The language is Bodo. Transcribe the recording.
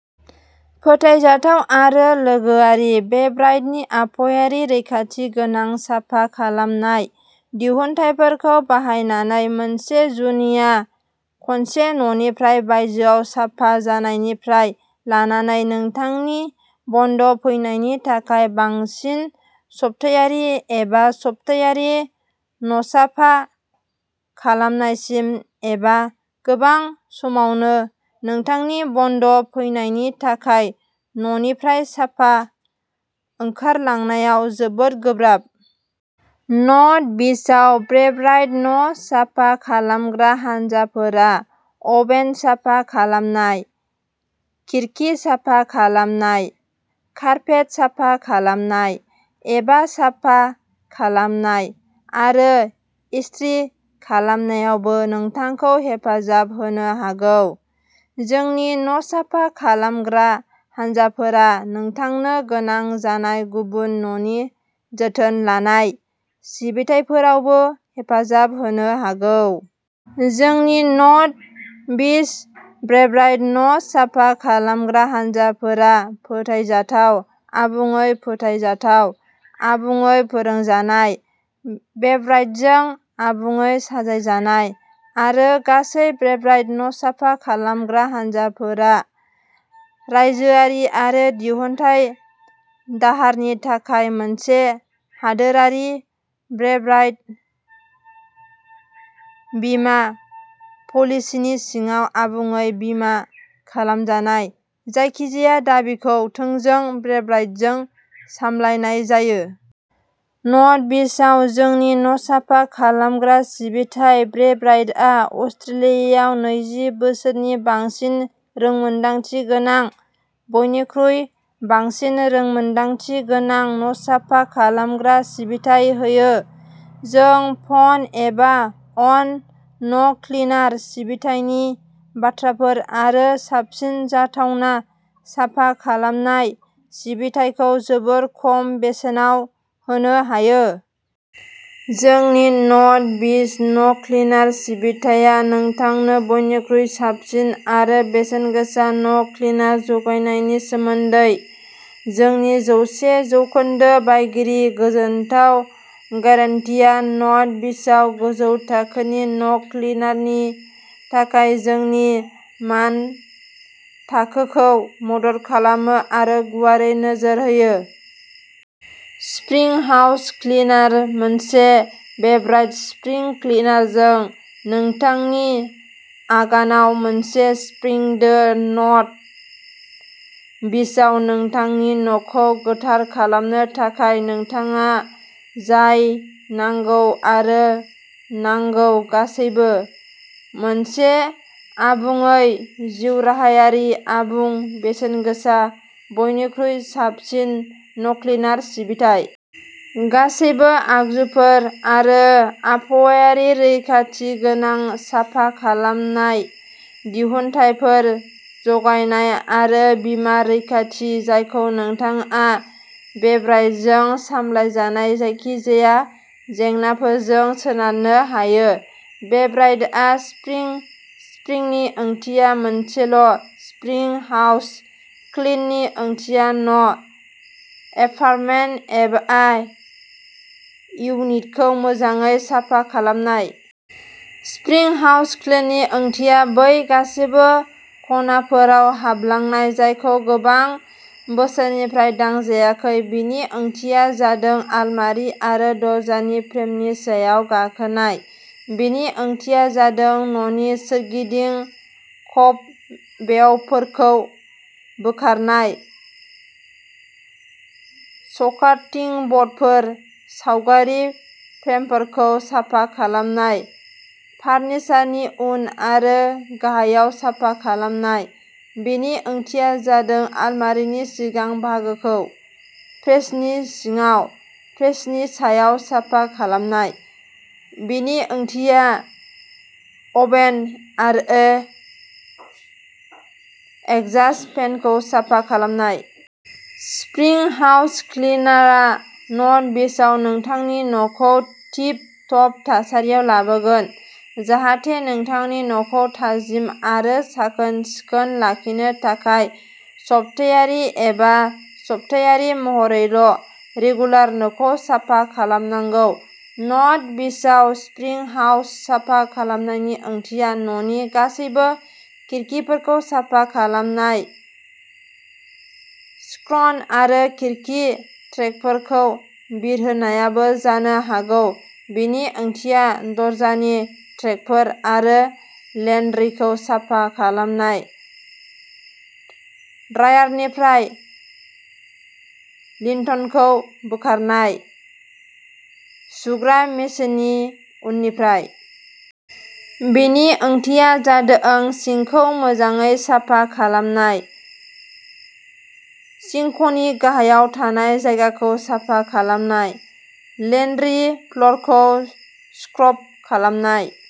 फोथायजाथाव आरो लोगोआरि, बेब्राइटनि आबहावायारि रैखाथि गोनां साफा खालामनाय दिहुनथायफोरखौ बाहायनानै। मोनसे जुनिया खनसे न'निफ्राय बायजोआव साफा जानायनिफ्राय लानानै नोंथांनि बन्ड फैफिन्नायनि थाखाय बांसिन सप्तायारि एबा सफ्थायारि न'साफा खालामनायसिम, एबा गोबां समावनो नोंथांनि बन्ड फैफिन्नायनि थाखाय न'निफ्राय साफा ओंखारलांनायाव जोबोद गोब्राब। नर्थ बीचआव बेब्राइट न'साफा खालामग्रा हानजाफोरा अभेन साफा खालामनाय, खिरखि साफा खालामनाय, कारपेट साफा खालामनाय, एबा साफा खालामनाय आरो इस्त्रि खालामनायावबो नोंथांखौ हेफाजाब होनो हागौ। जोंनि न'साफा खालामग्रा हानजाफोरा नोंथांनो गोनां जानाय गुबुन न'नि जोथोन लानाय सिबिथाइफोरावबो हेफाजाब होनो हागौ। जोंनि नर्थ बीच बेब्राइट न'साफा खालामग्रा हानजाफोरा फोथायजाथाव, आबुङै फोथायजाथाव, आबुङै फोरोंजानाय, बेब्राइटजों आबुङै साजायजानाय, आरो गासैबो बेब्राइट न'साफा खालामग्रा हानजाफोरा रायजोआरि आरो दिहुनथाय दाहारनि थाखाय मोनसे हादोरारि बेब्राइट बीमा पलिसिनि सिङाव आबुङै बीमा खालामजानाय, जायखिजाया दाबिखौ थोंजों बेब्राइटजों सामलायनाय जायो। नर्थ बीचआव जोंनि न'साफा खालामग्रा सिबिथाइ बेब्राइटआ अस्ट्रेलियायाव नैजि बोसोरनि बांसिन रोंमोनदांथि गोनां बयनिख्रुइ बांसिन रोंमोनदांथि गोनां न'साफा खालामग्रा सिबिथाइ होयो। जों फन एबा अन न'क्लिनार सिबिथायनि बाथ्राफोर आरो साबसिन जाथावना साफा खालामनाय सिबिथायखौ जोबोद खम बेसेनाव होनो हायो। जोंनि नर्थ बीच न'क्लिनार सिबिथाया नोंथांनो बयनिख्रुइ साबसिन आरो बेसेनगोसा न'क्लिनार जगायनायनि सोमोन्दै। जोंनि जौसे जौखोन्दो बायगिरि गोजोनथाव गारान्टिआ नर्थ बीचआव गोजौ थाखोनि न'क्लिनारनि थाखाय जोंनि मानथाखोखौ मदद खालामो आरो गुवारै नोजोर होयो। स्प्रिं हाउस क्लिनार मोनसे बेब्राइट स्प्रिं क्लिनजों नोंथांनि आगानआव मोनसे स्प्रिं दोन। नर्थ बीचआव नोंथांनि न'खौ गोथार खालामनो थाखाय नोंथाङा जाय नांगौ आरो नांगौ गासैबो। मोनसे आबुङै जिउराहायारि, आबुं, बेसेनगोसा, बयनिख्रुइ साबसिन न'क्लिनार सिबिथाइ। गासैबो आगजुफोर आरो आबहावायारि रैखाथि गोनां साफा खालामनाय दिहुनथायफोर जगायनाय, आरो बिमा रैखाथि जायखौ नोंथाङा बेब्राइटजों सामलायजानाय जायखिजाया जेंनाफोरजों सोनारनो हायो। बेब्राइटआव, स्प्रिं स्प्रिंनि ओंथिया मोनसेल'- स्प्रिं हाउस क्लिननि ओंथिया न', एपार्टमेन्ट एबा इउनिटखौ मोजाङै साफा खालामनाय। स्प्रिं हाउस क्लिननि ओंथिया बै गासिबो खनाफोराव हाबलांनाय जायखौ गोबां बोसोरनिफ्राय दांजायाखै। बेनि ओंथिया जादों आलमारि आरो दरजानि फ्रेमनि सायाव गाखोनाय; बेनि ओंथिया जादों न'नि सोरगिदिं क'बबेवफोरखौ बोखारनाय, स्कार्टिं ब'र्डफोर, सावगारि फ्रेमफोरखौ साफा खालामनाय, फारनिसारनि उन आरो गाहायाव साफा खालामनाय, बेनि ओंथिया जादों आलमारिफोरनि सिगां बाहागोखौ, फ्रिजनि सिङाव, फ्रिजनि सायाव साफा खालामनाय; बेनि ओंथिया अभेन आरो एग्जास्ट फेनखौ साफा खालामनाय। स्प्रिं हाउस क्लिनारआ नर्थ बीचआव नोंथांनि न'खौ टिप टप थासारियाव लाबोगोन जाहाथे नोंथांनि न'खौ थाजिम आरो साखोन-सिखोन लाखिनो थाखाय सप्तायारि एबा सप्तायारि महरैल' रेगुलार न'खौ साफा खालामनांगौ। नर्थ बीचआव स्प्रिं हाउस साफा खालामनायनि ओंथिया न'नि गासैबो खिरखिफोरखौ साफा खालामनाय, स्क्रन आरो खिरखि ट्रेकफोरखौ बिरहोनायबो जानो हागौ, बेनि ओंथिया दरजानि ट्रेकफोर आरो लेन्ड्रिखौ साफा खालामनाय-ड्रायारनिफ्राय लिन्टनखौ बोखारनाय, सुग्रा मेसिननि उननिफ्राय। बेनि ओंथिया जादों सिंकखौ मोजाङै साफा खालामनाय, सिंकनि गाहायाव थानाय जायगाखौ साफा खालामनाय, लेन्ड्रि फ्ल'रखौ स्क्रब खालामनाय।